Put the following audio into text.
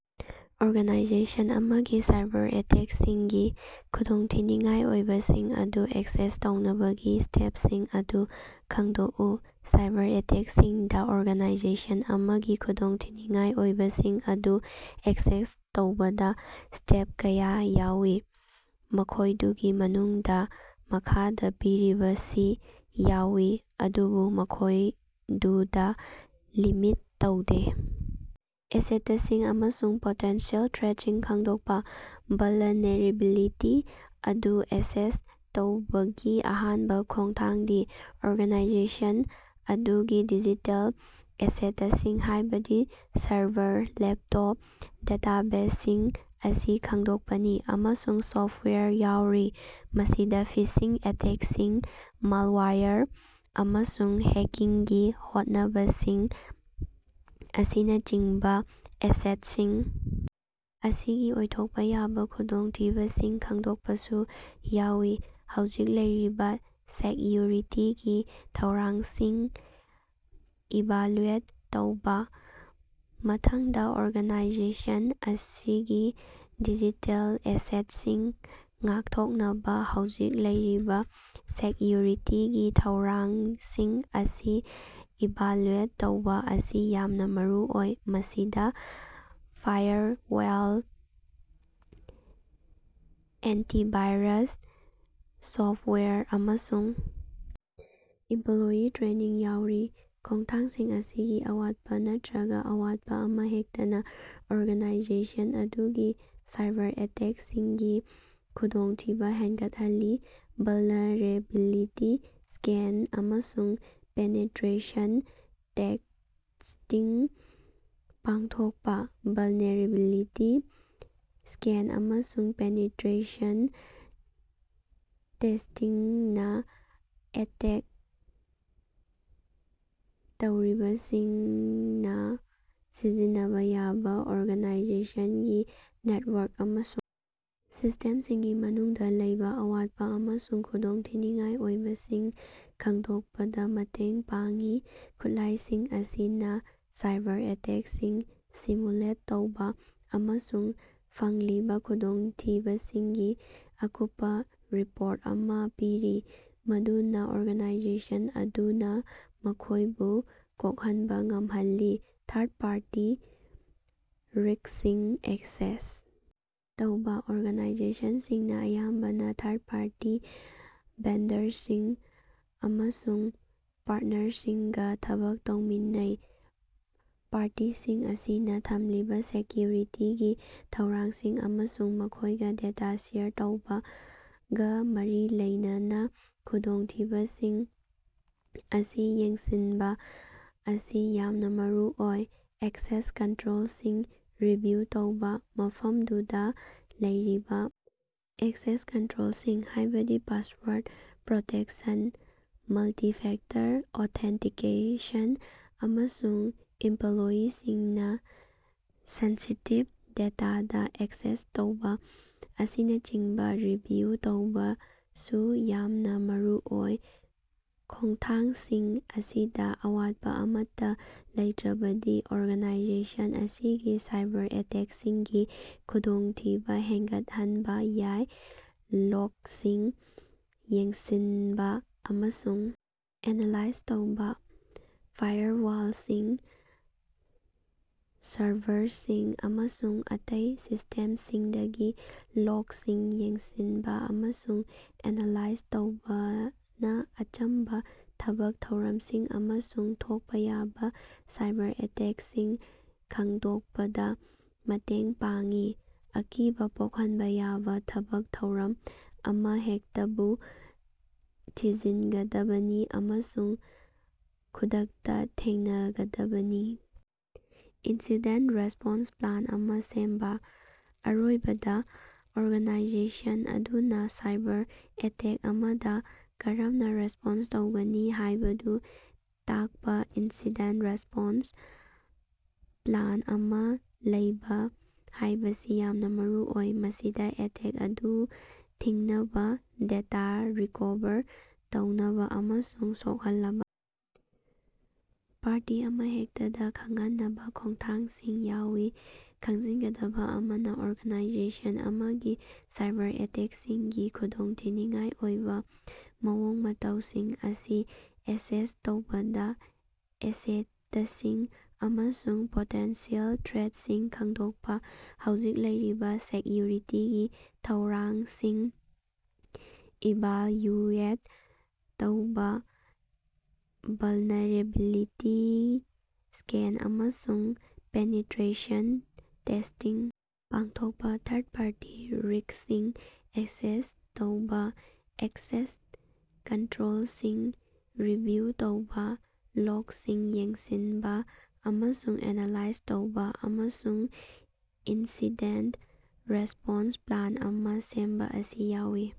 Organisation ꯑꯃꯒꯤ cyber ꯑꯦꯇꯦꯛꯁꯤꯡꯒꯤ ꯈꯨꯗꯣꯡꯊꯤꯅꯤꯉꯥꯏ ꯑꯣꯏꯕꯁꯤꯡ ꯑꯗꯨ ꯑꯦꯁꯦꯁ ꯇꯧꯅꯕꯒꯤ ꯁ꯭ꯇꯦꯞꯁꯤꯡ ꯑꯗꯨ ꯈꯪꯗꯣꯛꯎ꯫ ꯁꯥꯏꯕꯔ ꯑꯦꯇꯦꯛꯁꯤꯡꯗꯥ ꯑꯣꯔꯒꯥꯅꯥꯏꯖꯦꯁꯟ ꯑꯃꯒꯤ ꯈꯨꯗꯣꯡꯊꯤꯅꯤꯉꯥꯏ ꯑꯣꯏꯕꯁꯤꯡ ꯑꯗꯨ ꯑꯦꯁꯦꯁ ꯇꯧꯕꯗꯥ ꯁ꯭ꯇꯦꯞ ꯀꯌꯥ ꯌꯥꯎꯏ꯫ ꯃꯈꯣꯏꯗꯨꯒꯤ ꯃꯅꯨꯡꯗꯥ ꯃꯈꯥꯗꯥ ꯄꯤꯔꯤꯕꯁꯤꯡꯁꯤ ꯌꯥꯎꯏ, ꯑꯗꯨꯕꯨ ꯃꯈꯣꯏꯗꯨꯗ ꯂꯤꯃꯤꯠ ꯇꯧꯗꯦ: ꯑꯦꯁꯦꯇꯁꯤꯡ ꯑꯃꯁꯨꯡ ꯄꯣꯇꯦꯟꯁꯤꯑꯦꯜ ꯊ꯭ꯔꯦꯠꯁꯤꯡ ꯈꯪꯗꯣꯛꯄꯥ: ꯚꯂꯅꯦꯔꯦꯕꯤꯂꯤꯇꯤ ꯑꯗꯨ ꯑꯦꯁꯦꯁ ꯇꯧꯕꯒꯤ ꯑꯍꯥꯟꯕ ꯈꯣꯡꯊꯥꯡꯗꯤ ꯑꯣꯔꯒꯥꯅꯥꯏꯖꯦꯁꯟ ꯑꯗꯨꯒꯤ ꯗꯤꯖꯤꯇꯦꯜ ꯑꯦꯁꯦꯇꯁꯤꯡ, ꯍꯥꯏꯕꯗꯤ ꯁꯔꯚꯔ, ꯂꯦꯞ ꯇꯣꯞ, ꯗꯦꯇꯥꯕꯦꯖꯁꯤꯡ ꯑꯁꯤ ꯈꯪꯗꯣꯛꯄꯅꯤ꯫ꯑꯃꯁꯨꯡ ꯁꯣꯐꯋꯦꯌꯔ ꯌꯥꯎꯔꯤ꯫ ꯃꯁꯤꯗ ꯐꯤꯁꯤꯡ ꯑꯦꯇꯦꯛꯁꯤꯡ, ꯃꯥꯜꯋꯥꯌꯔ, ꯑꯃꯁꯨꯡ ꯍꯦꯀꯤꯡꯒꯤ ꯍꯣꯠꯅꯕꯁꯤꯡ ꯑꯁꯤꯅꯆꯤꯡꯕ ꯑꯦꯁꯦꯠꯁꯤꯡ ꯑꯁꯤꯒꯤ ꯑꯣꯏꯊꯣꯛꯄ ꯌꯥꯕ ꯈꯨꯗꯣꯡꯊꯤꯕꯁꯤꯡ ꯈꯪꯗꯣꯛꯄꯁꯨ ꯌꯥꯎꯏ꯫ ꯍꯧꯖꯤꯛ ꯂꯩꯔꯤꯕꯥ ꯁꯦꯛꯌꯨꯔꯤꯇꯤꯒꯤ ꯊꯧꯔꯥꯡꯁꯤꯡ ꯏꯚꯥꯂꯨꯑꯦꯠ ꯇꯧꯕꯥ: ꯃꯊꯪꯗꯥ ꯑꯣꯔꯒꯅꯥꯏꯖꯦꯁꯟ ꯑꯁꯤꯒꯤ ꯗꯤꯖꯤꯇꯦꯜ ꯑꯦꯁꯦꯠꯁꯤꯡ ꯉꯥꯛꯊꯣꯛꯅꯕꯥ ꯍꯧꯖꯤꯛ ꯂꯩꯔꯤꯕꯥ ꯁꯦꯛꯌꯨꯔꯤꯇꯤꯒꯤ ꯊꯧꯔꯥꯡꯁꯤꯡ ꯑꯁꯤ ꯏꯚꯥꯂꯨꯑꯦꯠ ꯇꯧꯕꯥ ꯑꯁꯤ ꯌꯥꯝꯅꯥ ꯃꯔꯨꯑꯣꯏ꯫ ꯃꯁꯤꯗꯥ ꯐꯥꯏꯌꯔꯋꯥꯜ, ꯑꯦꯟꯇꯤꯚꯥꯏꯔꯁ ꯁꯣꯐꯋꯥꯌꯔ, ꯑꯃꯁꯨꯡ ꯏꯝꯄꯂꯣꯌꯤ ꯇ꯭ꯔꯦꯅꯤꯡ ꯌꯥꯎꯔꯤ꯫ ꯈꯣꯡꯊꯥꯡꯁꯤꯡ ꯑꯁꯤꯒꯤ ꯑꯋꯥꯠꯄ ꯅꯠꯇ꯭ꯔꯒꯥ ꯑꯋꯥꯠꯄꯥ ꯑꯃꯍꯦꯛꯇꯅ ꯑꯣꯔꯒꯥꯅꯥꯏꯖꯦꯁꯟ ꯑꯗꯨꯒꯤ ꯁꯥꯏꯕꯔ ꯑꯦꯇꯦꯛꯁꯤꯡꯒꯤ ꯈꯨꯗꯣꯡꯊꯤꯕ ꯍꯦꯟꯒꯠꯍꯜꯂꯤ꯫ ꯚꯂꯅꯦꯔꯦꯕꯤꯂꯤꯇꯤ ꯁ꯭ꯀꯦꯟ ꯑꯃꯁꯨꯡ ꯄꯦꯅꯦꯇꯔꯦꯁꯟ ꯇꯦꯁꯇꯤꯡ ꯄꯥꯡꯊꯣꯛꯄꯥ: ꯚꯜꯅꯦꯔꯦꯕꯤꯂꯤꯇꯤ ꯁ꯭ꯀꯦꯟ ꯑꯃꯁꯨꯡ ꯄꯦꯅꯦꯇꯔꯦꯁꯟ ꯇꯦꯁꯇꯤꯡꯅ ꯑꯦꯇꯦꯛ ꯇꯧꯔꯤꯕꯁꯤꯡꯅ ꯁꯤꯖꯤꯟꯅꯕ ꯌꯥꯕꯥ ꯑꯣꯔꯒꯥꯅꯥꯏꯖꯦꯁꯟꯒꯤ ꯅꯦꯠꯋꯥꯔꯛ ꯑꯃꯁꯨꯡ ꯁꯤꯁꯇꯦꯝꯁꯤꯡꯒꯤ ꯃꯅꯨꯡꯗ ꯂꯩꯕ ꯑꯋꯥꯠꯄ ꯑꯃꯁꯨꯡ ꯈꯨꯗꯣꯡꯊꯤꯅꯤꯉꯥꯏ ꯑꯣꯏꯕꯁꯤꯡ ꯈꯪꯗꯣꯛꯄꯗ ꯃꯇꯦꯡ ꯄꯥꯡꯏ꯫ ꯈꯨꯠꯂꯥꯏꯁꯤꯡ ꯑꯁꯤꯅ ꯁꯥꯏꯕꯔ ꯑꯦꯇꯦꯛꯁꯤꯡ ꯁꯤꯃꯨꯂꯦꯠ ꯇꯧꯏ ꯑꯃꯁꯨꯡ ꯐꯪꯂꯤꯕꯥ ꯈꯨꯗꯣꯡꯊꯤꯕꯁꯤꯡꯒꯤ ꯑꯀꯨꯞꯄꯥ ꯔꯤꯄꯣꯔꯠ ꯑꯃꯥ ꯄꯤꯔꯤ, ꯃꯗꯨꯅꯥ ꯑꯣꯔꯒꯥꯅꯥꯏꯖꯦꯁꯟ ꯑꯗꯨꯅ ꯃꯈꯣꯏꯕꯨ ꯀꯣꯛꯍꯟꯕ ꯉꯝꯍꯜꯂꯤ꯫ ꯊꯥꯔꯠ ꯄꯥꯔꯇꯤ ꯔꯤꯛꯁꯁꯤꯡ ꯑꯦꯁꯦꯁ ꯇꯧꯕꯥ: ꯑꯣꯔꯒꯥꯅꯥꯏꯖꯦꯁꯟꯁꯤꯡꯅ ꯑꯌꯥꯝꯕꯅ ꯊꯥꯔꯠꯄꯥꯔꯇꯤ ꯚꯦꯟꯗꯔꯁꯤꯡ ꯑꯃꯁꯨꯡ ꯄꯥꯔꯠꯅꯔꯁꯤꯡꯒꯥ ꯊꯕꯛ ꯇꯧꯃꯤꯟꯅꯩ꯫ ꯄꯥꯔꯇꯤꯁꯤꯡ ꯑꯁꯤꯅꯥ ꯊꯝꯂꯤꯕ ꯁꯦꯀ꯭ꯌꯨꯔꯤꯇꯤꯒꯤ ꯊꯧꯔꯥꯡꯁꯤꯡ ꯑꯃꯁꯨꯡ ꯃꯈꯣꯏꯒ ꯗꯦꯇꯥ ꯁꯦꯌꯔ ꯇꯧꯕꯒ ꯃꯔꯤ ꯂꯩꯅꯕꯥ ꯈꯨꯗꯣꯡꯊꯤꯕꯁꯤꯡ ꯑꯁꯤ ꯌꯦꯡꯁꯤꯟꯕ ꯑꯁꯤ ꯌꯥꯝꯅ ꯃꯔꯨꯑꯣꯏ꯫ ꯑꯦꯛꯁꯦꯁ ꯀꯟꯇ꯭ꯔꯣꯜꯁꯤꯡ ꯔꯤꯚꯤꯌꯨ ꯇꯧꯕ: ꯃꯐꯝꯗꯨꯗ ꯂꯩꯔꯤꯕ ꯑꯦꯛꯁꯦꯁ ꯀꯟꯇ꯭ꯔꯣꯜꯁꯤꯡ, ꯍꯥꯏꯕꯗꯤ ꯄꯥꯁꯋꯥꯔꯗ ꯄ꯭ꯔꯣꯇꯦꯛꯁꯟ, ꯃꯜꯇꯤ-ꯐꯦꯛꯇꯔ ꯑꯣꯊꯦꯟꯇꯤꯀꯦꯁꯟ, ꯑꯃꯁꯨꯡ ꯏꯝꯄꯂꯣꯌꯤꯁꯤꯡꯅ ꯁꯦꯟꯁꯤꯇꯤꯚ ꯗꯦꯇꯥꯗꯥ ꯑꯦꯛꯁꯦꯁ ꯇꯧꯕꯥ ꯑꯁꯤꯅꯆꯤꯡꯕ ꯔꯤꯚꯤꯌꯨ ꯇꯧꯕꯁꯨ ꯌꯥꯝꯅ ꯃꯔꯨꯑꯣꯏ꯫ ꯈꯣꯡꯊꯥꯡꯁꯤꯡ ꯑꯁꯤꯗꯥ ꯑꯋꯥꯠꯄꯥ ꯑꯃꯠꯇꯥ ꯂꯩꯇ꯭ꯔꯕꯗꯤ ꯑꯣꯔꯒꯅꯥꯏꯖꯦꯁꯟ ꯑꯁꯤꯒꯤ ꯁꯥꯏꯕꯔ ꯑꯦꯇꯦꯛꯁꯤꯡꯒꯤ ꯈꯨꯗꯣꯡꯊꯤꯕ ꯍꯦꯟꯒꯠꯍꯟꯕ ꯌꯥꯏ꯫ ꯂꯣꯒꯁꯤꯡ ꯌꯦꯡꯁꯤꯟꯕ ꯑꯃꯁꯨꯡ ꯑꯦꯅꯥꯂꯥꯏꯖ ꯇꯧꯕ: ꯐꯥꯏꯌꯔꯋꯥꯜꯁꯤꯡ, ꯁꯔꯚꯔꯁꯤꯡ ꯑꯃꯁꯨꯡ ꯑꯇꯩ ꯁꯤꯁꯇꯦꯝꯁꯤꯡꯗꯒꯤ ꯂꯣꯒꯁꯤꯡ ꯌꯦꯡꯁꯤꯟꯕ ꯑꯃꯁꯨꯡ ꯑꯦꯅꯥꯂꯥꯏꯖ ꯇꯧꯕꯅ ꯑꯆꯝꯕ ꯊꯕꯛ ꯊꯧꯔꯝꯁꯤꯡ ꯑꯃꯁꯨꯡ ꯊꯣꯛꯄꯥ ꯌꯥꯕꯥ ꯁꯥꯏꯕꯔ ꯑꯦꯇꯦꯛꯁꯤꯡ ꯈꯪꯗꯣꯛꯄꯗ ꯃꯇꯦꯡ ꯄꯥꯡꯏ꯫ ꯑꯀꯤꯕ ꯄꯣꯛꯍꯟꯕ ꯌꯥꯕꯥ ꯊꯕꯛ ꯊꯧꯔꯝ ꯑꯃꯍꯦꯛꯇꯕꯨ ꯊꯤꯖꯤꯟꯒꯗꯕꯅꯤ ꯑꯃꯁꯨꯡ ꯈꯨꯗꯛꯇ ꯊꯦꯡꯅꯒꯗꯕꯅꯤ꯫ ꯏꯟꯁꯤꯗꯦꯟ ꯔꯦꯁꯄꯣꯟꯁ ꯄ꯭ꯂꯥꯟ ꯑꯃ ꯁꯦꯝꯕ: ꯑꯔꯣꯏꯕꯗ, ꯑꯣꯔꯒꯥꯅꯥꯏꯖꯦꯁꯟ ꯑꯗꯨꯅꯥ ꯁꯥꯏꯕꯔ ꯑꯦꯇꯦꯛ ꯑꯃꯗꯥ ꯀꯔꯝꯅ ꯔꯦꯁꯄꯣꯟꯁ ꯇꯧꯒꯅꯤ ꯍꯥꯏꯕꯗꯨ ꯇꯥꯛꯄ ꯏꯟꯁꯤꯗꯦꯟ ꯔꯦꯁ꯭ꯄꯣꯟꯁ ꯄ꯭ꯂꯥꯟ ꯑꯃ ꯂꯩꯕ ꯍꯥꯏꯕꯁꯤ ꯌꯥꯝꯅ ꯃꯔꯨꯑꯣꯏ꯫ ꯃꯁꯤꯗ ꯑꯦꯇꯦꯛ ꯑꯗꯨ ꯊꯤꯡꯅꯕꯥ, ꯗꯦꯇꯥ ꯔꯤꯀꯣꯚꯔ ꯇꯧꯅꯕ ꯑꯃꯁꯨꯡ ꯁꯣꯛꯍꯜꯂꯕ ꯄꯥꯔꯇꯤ ꯑꯃꯍꯦꯛꯇꯗꯥ ꯈꯪꯍꯟꯅꯕ ꯈꯣꯡꯊꯥꯡꯁꯤꯡ ꯌꯥꯎꯏ꯫ ꯈꯪꯖꯤꯟꯒꯗꯕ ꯑꯃꯅꯥ, ꯑꯣꯔꯒꯥꯅꯥꯏꯖꯦꯁꯟ ꯑꯃꯒꯤ ꯁꯥꯏꯕꯔ ꯑꯦꯇꯦꯛꯁꯤꯡꯒꯤ ꯈꯨꯗꯣꯡꯊꯤꯅꯤꯉꯥꯏ ꯑꯣꯏꯕ ꯃꯑꯣꯡ-ꯃꯇꯧꯁꯤꯡ ꯑꯁꯤ ꯑꯦꯁꯦꯁ ꯇꯧꯕꯗ, ꯑꯦꯁꯦꯇꯁꯤꯡ ꯑꯃꯁꯨꯡ ꯄꯣꯇꯦꯟꯁꯤꯑꯦꯜ ꯊ꯭ꯔꯦꯠꯁꯤꯡ ꯈꯪꯗꯣꯛꯄ, ꯍꯧꯖꯤꯛ ꯂꯩꯔꯤꯕ ꯁꯦꯛꯌꯨꯔꯤꯇꯤꯒꯤ ꯊꯧꯔꯥꯡꯁꯤꯡ ꯏꯚꯥꯜꯌꯨꯑꯦꯠ ꯇꯧꯕꯥ, ꯚꯂꯅꯦꯔꯦꯕꯤꯂꯤꯇꯤ ꯁ꯭ꯀꯦꯟ ꯑꯃꯁꯨꯡ ꯄꯦꯅꯦꯇꯔꯦꯁꯟ ꯇꯦꯁ꯭ꯇꯤꯡ ꯄꯥꯡꯊꯣꯛꯄꯥ, ꯊꯥꯔꯠ ꯄꯥꯔꯇꯤ ꯔꯤꯛꯁꯁꯤꯡ ꯑꯦꯁꯦꯁ ꯇꯧꯕꯥ, ꯑꯦꯛꯁꯦꯁ ꯀꯟꯇ꯭ꯔꯣꯜꯁꯤꯡ ꯔꯤꯚꯤꯌꯨ ꯇꯧꯕ, ꯂꯣꯒꯁꯤꯡ ꯌꯦꯡꯁꯤꯟꯕ ꯑꯃꯁꯨꯡ ꯑꯦꯅꯥꯂꯥꯏꯖ ꯇꯧꯕ, ꯑꯃꯁꯨꯡ ꯏꯟꯁꯤꯗꯦꯟ ꯔꯦꯁꯄꯣꯟꯁ ꯄ꯭ꯂꯥꯟ ꯑꯃ ꯁꯦꯝꯕ ꯑꯁꯤ ꯌꯥꯎꯏ꯫